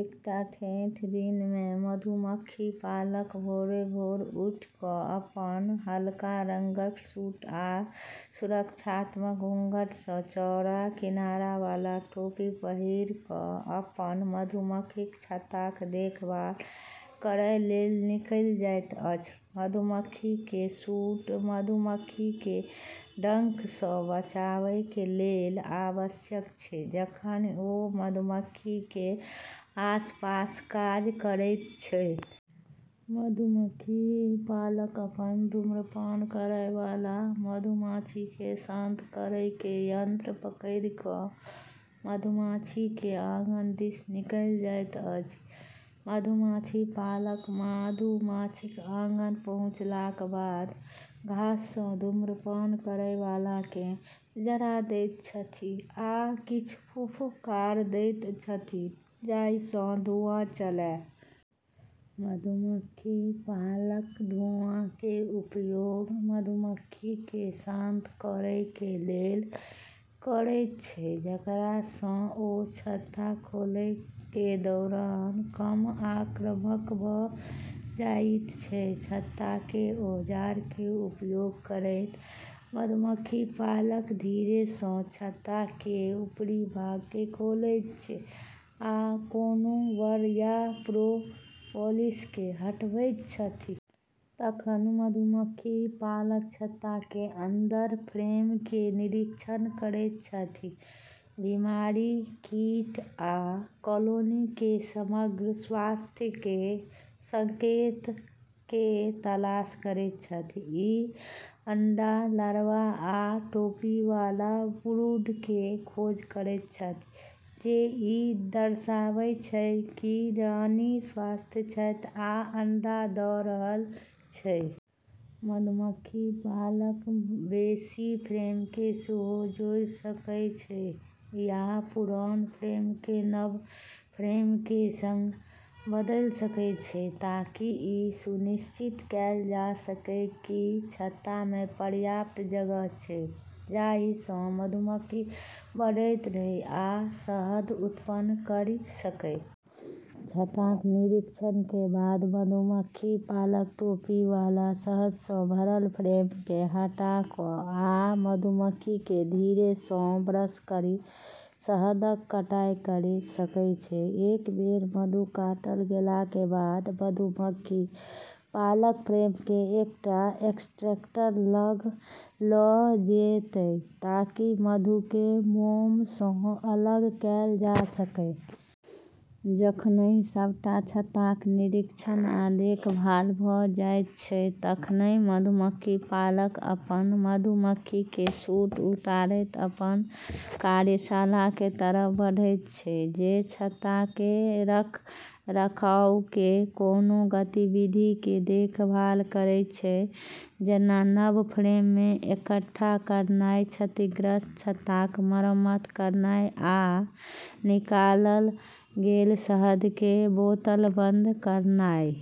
एकटा ठेठ दिनमे मधुमक्खी पालक भोरे-भोर उठि क' अपन हल्का रंगक सूट आ सुरक्षात्मक घूंघटसँ चौड़ा किनाराबला टोपी पहिरि क' अपन मधुमक्खीक छत्ताक देखभाल करय लेल निकैल जाइत अछि। मधुमक्खीके सूट मधुमक्खीके डंकसँ बचावके लेल आवश्यक छै, जखनि ओ मधुमक्खीके आसपास काज करैत छै। मधुमक्खी पालक अपन धूम्रपान करयवला, मधुमाछीके शांत करैके यंत्र पकैड़ि क' मधुमाछीके आँगन दिस निकलि जाइत अछि। मधुमाछी पालक मा धुमाछीक आँगन पहुँचलाक बाद घाससँ धूम्रपान करयवलाकेँ जरा दैत छथि, आ किछ फुफकार दैत छथिन जाहिसँ धुँआ चलय। मधुमक्खी पालक धुआँके उपयोग मधुमक्खीके शांत करैके लेल करैत छै, जेकरासँ ओ छत्ता खोलैके दौरान कम आक्रामक भ' जाइत छै। छत्ताके औजारके उपयोग करैत मधुमक्खी पालक धीरेसँ छत्ताके ऊपरी भागके खोलैत छै आ कोनो बर्र या प्रोपोलिसके हटबैत छथि । तखन मधुमक्खी पालक छत्ताके अंदर फ्रेमके निरीक्षण करैत छथि, बीमारी, कीट, आ कॉलोनीके समग्र स्वास्थ्यके संकेतकके तलाश करैत छथि । ई अंडा, लर्वा, आ टोपी वाला ब्रूडके खोज करैत छथि, जे ई दर्शाबै छै कि रानी स्वस्थ छै आ अंडा द' रहल छै। मधुमक्खी पालक बेशी फ्रेमके सेहो जोड़ि सकै छै या पुरान फ्रेमके नव फ्रेमके सङ्ग बदल सकै छै, ताकि ई सुनिश्चित कैल जा सकै कि छत्तामे पर्याप्त जगह छै जाहिसँ मधुमक्खी बढ़ैत रहै आ शहद उत्पन्न करि सकै। छत्ताक निरीक्षणके बाद मधुमक्खी पालक टोपी वाला शहदसँ भरल फ्रेमके हटा क', आ मधुमक्खीके धीरेसँ ब्रश करि शहदक कटाइ करि सकै छै। एक बेर मधु काटल गेलाक बाद मधुमक्खी पालक फ्रेमके एकटा एक्सट्रैक्टर लग ल' जेतय ताकि मधुके मोमसँ अलग कैल जा सकय। जखनि सबटा छत्ताक निरीक्षण आ देखभाल भ' जाइत छै, तखनि मधुमक्खी पालक अपन मधुमक्खीके सूट उतारैत अपन कार्यशालाके तरफ बढ़ैत छै, जे छत्ताके रखरखावके कोनो गतिविधिके देखभाल करैत छै जेना नव फ्रेममे इकट्ठा करनाइ, क्षतिग्रस्त छत्ताक मरम्मत करनाइ, या निकालल गेल शहदके बोतलबंद करनाइ।